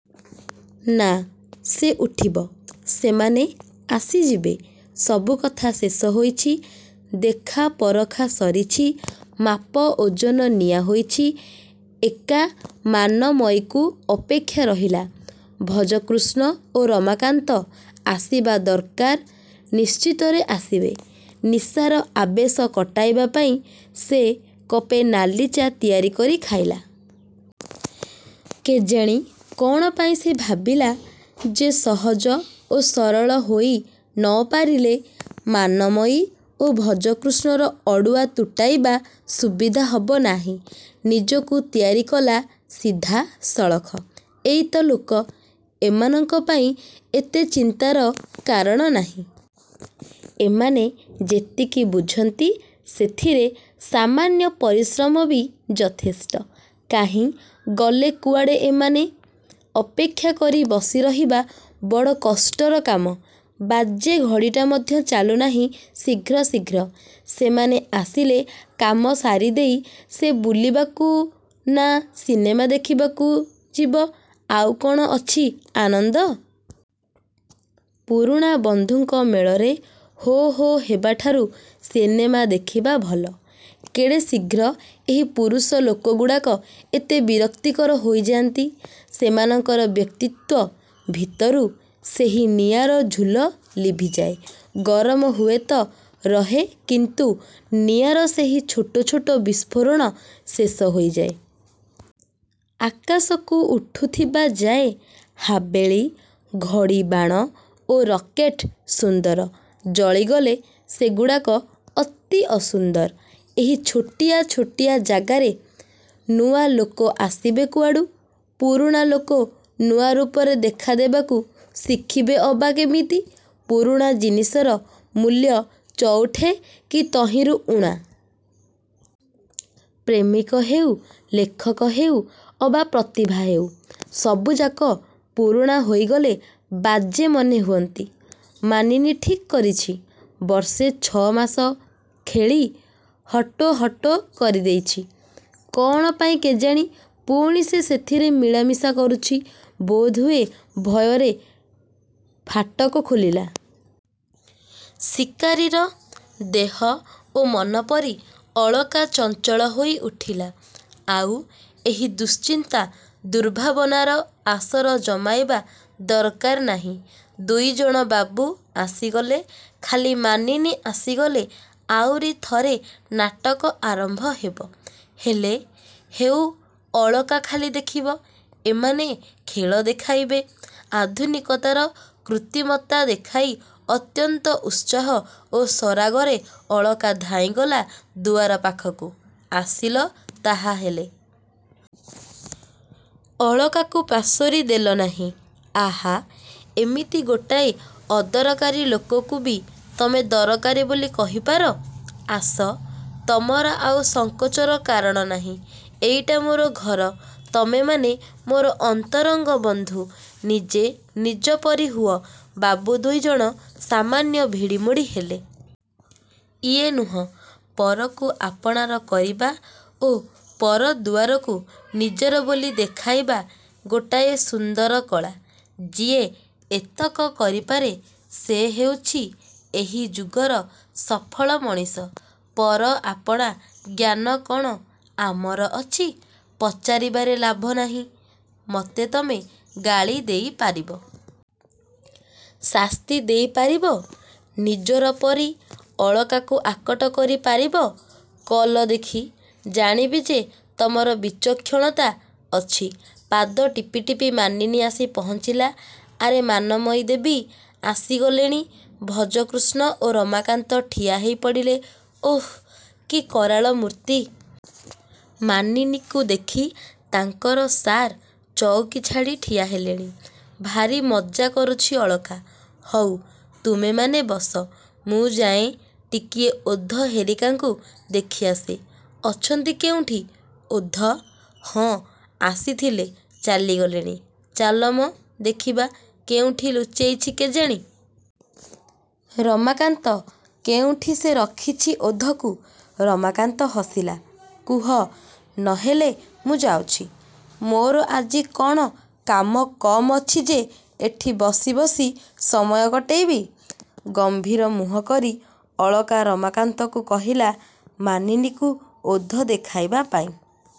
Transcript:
-ନା, ସେ ଉଠିବ। ସେମାନେ ଆସିଯିବେ। ସବୁ କଥା ଶେଷ ହୋଇଛି। ଦେଖା ପରଖା ସରିଛି। ମାପ ଓଜନ ନିଆ ହୋଇଛି। ଏକା ମାନମୟୀକୁ ଅପେକ୍ଷା ରହିଲା। ଭଜକୃଷ୍ଣ ଓ ରମାକାନ୍ତ ଆସିବା ଦରକାର-ନିଶ୍ଚିତରେ ଆସିବେ। ନିଶାର ଆବେଶ କଟାଇବା ପାଇଁ ସେ କପେ ନାଲି ଚା' ତିଆରି କରି ଖାଇଲା। କେଜାଣି କ'ଣ ପାଇଁ ସେ ଭାବିଲା ଯେ ସହଜ ଓ ସରଳ ହୋଇ ନ ପାରିଲେ ମାନମୟୀ ଓ ଭଜକୃଷ୍ଣର ଅଡ଼ୁଆ ତୁଟାଇବା ସୁବିଧା ହବ ନାହିଁ। ନିଜକୁ ତିଆରି କଲା-ସିଧା ସଳଖ। ଏଇ ତ ଲୋକ? ଏମାନଙ୍କ ପାଇଁ ଏତେ ଚିନ୍ତାର କାରଣ ନାହିଁ। ଏମାନେ ଯେତିକି ବୁଝନ୍ତି ସେଥିରେ ସାମାନ୍ୟ ପରିଶ୍ରମ ବି ଯଥେଷ୍ଟ। କାହିଁ ଗଲେ କୁଆଡ଼େ ଏମାନେ? ଅପେକ୍ଷାକରି ବସି ରହିବା ବଡ଼ କଷ୍ଟର କାମ। ବାଜେ ଘଡ଼ିଟା ମଧ୍ୟ ଚାଲୁନାହିଁ ଶୀଘ୍ର ଶୀଘ୍ର। ସେମାନେ ଆସିଲେ କାମ ସାରିଦେଇ ସେ ବୁଲିବାକୁ-ନା, ସିନେମା ଦେଖିବାକୁ-ଯିବ-। ଆଉ କ'ଣ ଅଛି ଆନନ୍ଦ? ପୁରୁଣା ବନ୍ଧୁଙ୍କ ମେଳରେ ହୋ ହୋ ହେବାଠାରୁ ସିନେମା ଦେଖିବା ଭଲ। କେଡ଼େ ଶୀଘ୍ର ଏହି ପୁରୁଷ ଲୋକଗୁଡ଼ାକ ଏତେ ବିରକ୍ତିକର ହୋଇଯାନ୍ତି। ସେମାନଙ୍କର ବ୍ୟକ୍ତିତ୍ୱ ଭିତରୁ ସେହି ନିଆଁର ଝୁଲ ଲିଭିଯାଏ। ଗରମ ହୁଏତ ରହେ କିନ୍ତୁ ନିଆଁର ସେହି ଛୋଟ ଛୋଟ ବିସ୍ଫୋରଣ ଶେଷ ହୋଇ ଯାଏ। ଆକାଶକୁ ଉଠୁଥିବା ଯାଏ ହାବେଳି, ଘଡ଼ିବାଣ ଓ ରକେଟ୍ ସୁନ୍ଦର। ଜଳିଗଲେ ସେଗୁଡ଼ାକ ଅତି ଅସୁନ୍ଦର। ଏହି ଛୋଟିଆ ଛୋଟିଆ ଜାଗାରେ ନୂଆ ଲୋକ ଆସିବେ କୁଆଡ଼ୁ? ପୁରୁଣା ଲୋକ ନୂଆ ରୂପରେ ଦେଖା ଦେବାକୁ ଶିଖିବେ ଅବା କେମିତି? ପୁରୁଣା ଜିନିଷର ମୂଲ୍ୟ ଚଉଠେ କି ତହିଁରୁ ଊଣା। ପ୍ରେମିକ ହେଉ, ଲେଖକ ହେଉ ଅବା ପ୍ରତିଭା ହେଉ-ସବୁଯାକ ପୁରୁଣା ହୋଇଗଲେ ବାଜେ ମନେ ହୁଅନ୍ତି। ମାନିନୀ ଠିକ୍ କରିଛି-। ବର୍ଷେ ଛ'ଅ ମାସ ଖେଳି ହଟୋ-ହଟୋ କରିଦେଇଛି। କ'ଣ ପାଇଁ କେଜାଣି ପୁଣି ସେ ସେଥିରେ ମିଳା ମିଶା କରୁଛି-ବୋଧହୁଏ ଭୟରେ। ଫାଟକ ଖୋଲିଲା। ଶିକାରୀର। ଦେହ ଓ ମନ ପରି ଅଳକା ଚଞ୍ଚଳହୋଇ ଉଠିଲା। ଆଉ ଏହି ଦୁଶ୍ଚିନ୍ତା-ଦୁର୍ଭାବନାର ଆସର ଜମାଇବା ଦରକାର ନାହିଁ। ଦୁଇଜଣ ବାବୁ ଆସିଗଲେ-ଖାଲି ମାନିନୀ ଆସିଗଲେ ଆଉରି ଥରେ ନାଟକ ଆରମ୍ଭ ହେବ। -ହେଲେ ହେଉ-ଅଳକା ଖାଲି ଦେଖିବ। ଏମାନେ ଖେଳ ଦେଖାଇବେ। ଆଧୁନିକତାର କୃତ୍ରିମତା ଦେଖାଇ ଅତ୍ୟନ୍ତ ଉତ୍ସାହ ଓ ସରାଗରେ ଅଳକା ଧାଇଁଗଲା ଦୁଆର ପାଖକୁ-ଆସିଲ ତାହାହେଲେ। ଅଳକାକୁ ପାଶୋରି ଦେଲ ନାହିଁ। ଆହା-ଏମିତି ଗୋଟାଏ ଅଦରକାରୀ ଲୋକକୁ ବି ତମେ ଦରକାରୀ ବୋଲି କହିପାର? -ଆସ। ତମର ଆଉ ସଂକୋଚର କାରଣ ନାହିଁ। ଏଇଟା ମୋର ଘର। ତମେମାନେ ମୋର ଅନ୍ତରଙ୍ଗ ବନ୍ଧୁ। ନିଜେ ନିଜ ପରି ହୁଅ। ବାବୁ ଦୁଇଜଣ ସାମାନ୍ୟ ଭିଡ଼ିମୋଡ଼ି ହେଲେ। -ଇଏ ନୁହଁ। ପରକୁ ଆପଣାର କରିବା ଓ ପର ଦୁଆରକୁ ନିଜର ବୋଲି ଦେଖାଇବା ଗୋଟାଏ ସୁନ୍ଦର କଳା। ଯିଏ ଏତକ କରିପାରେ ସେ ହେଉଛି ଏହି ଯୁଗର ସଫଳ ମଣିଷ। -ପର ଆପଣା ଜ୍ଞାନ କ'ଣ ଆମର ଅଛି? -ପଚାରିବାରେ ଲାଭ ନାହିଁ। ମତେ ତମେ ଗାଳି ଦେଇପାରିବ? ଶାସ୍ତି ଦେଇପାରିବ-? ନିଜର ପରି ଅଳକାକୁ ଆକଟ କରି ପାରିବ? -କଲ ଦେଖି। ଜାଣିବି ଯେ ତମର ବିଚକ୍ଷଣତା ଅଛି। ପାଦ ଟିପି ଟିପି ମାନିନୀ ଆସି ପହଞ୍ଚିଲା। -ଆରେ ମାନମୟୀ ଦେବୀ ଆସିଗଲେଣି। ଭଜକୃଷ୍ଣ ଓ ରମାକାନ୍ତ ଠିଆ ହେଇପଡ଼ିଲେ। -ଓଃ, କି କରାଳ ମୂର୍ତ୍ତି। ମାନିନୀକୁ ଦେଖି ତାଙ୍କର ସାର୍ ଚଉକୀ ଛାଡ଼ି ଠିଆ ହେଲେଣି-। -ଭାରି ମଜ୍ଜା କରୁଛି ଅଳକା। ହଉ ତୁମେମାନେ ବସ। ମୁଁ ଯାଏଁ ଟିକିଏ ଓଧ ହେରିକାଙ୍କୁ ଦେଖି ଆସେ। ଅଛନ୍ତି କେଉଁଠି? -ଓଧ? ହଁ ଆସିଥିଲେ ଚାଲିଗଲେଣି। -ଚାଲ ମ ଦେଖିବା। କେଉଁଠି ଲୁଚେଇଛି କେଜାଣି? -ରମାକାନ୍ତ, କେଉଁଠି ସେ ରଖିଛି ଓଧକୁ? ରମାକାନ୍ତ ହସିଲା। -କୁହ। ନହେଲେ ମୁଁ ଯାଉଛି। ମୋର ଆଜି କ'ଣ କାମ କମ୍ ଅଛି ଯେ ଏଠି ବସି ବସି ସମୟ କଟେଇବି? ଗମ୍ଭୀର ମୁହଁ କରି ଅଳକା ରମାକାନ୍ତକୁ କହିଲା ମାନିନୀକୁ ଓଧ ଦେଖାଇବା ପାଇଁ।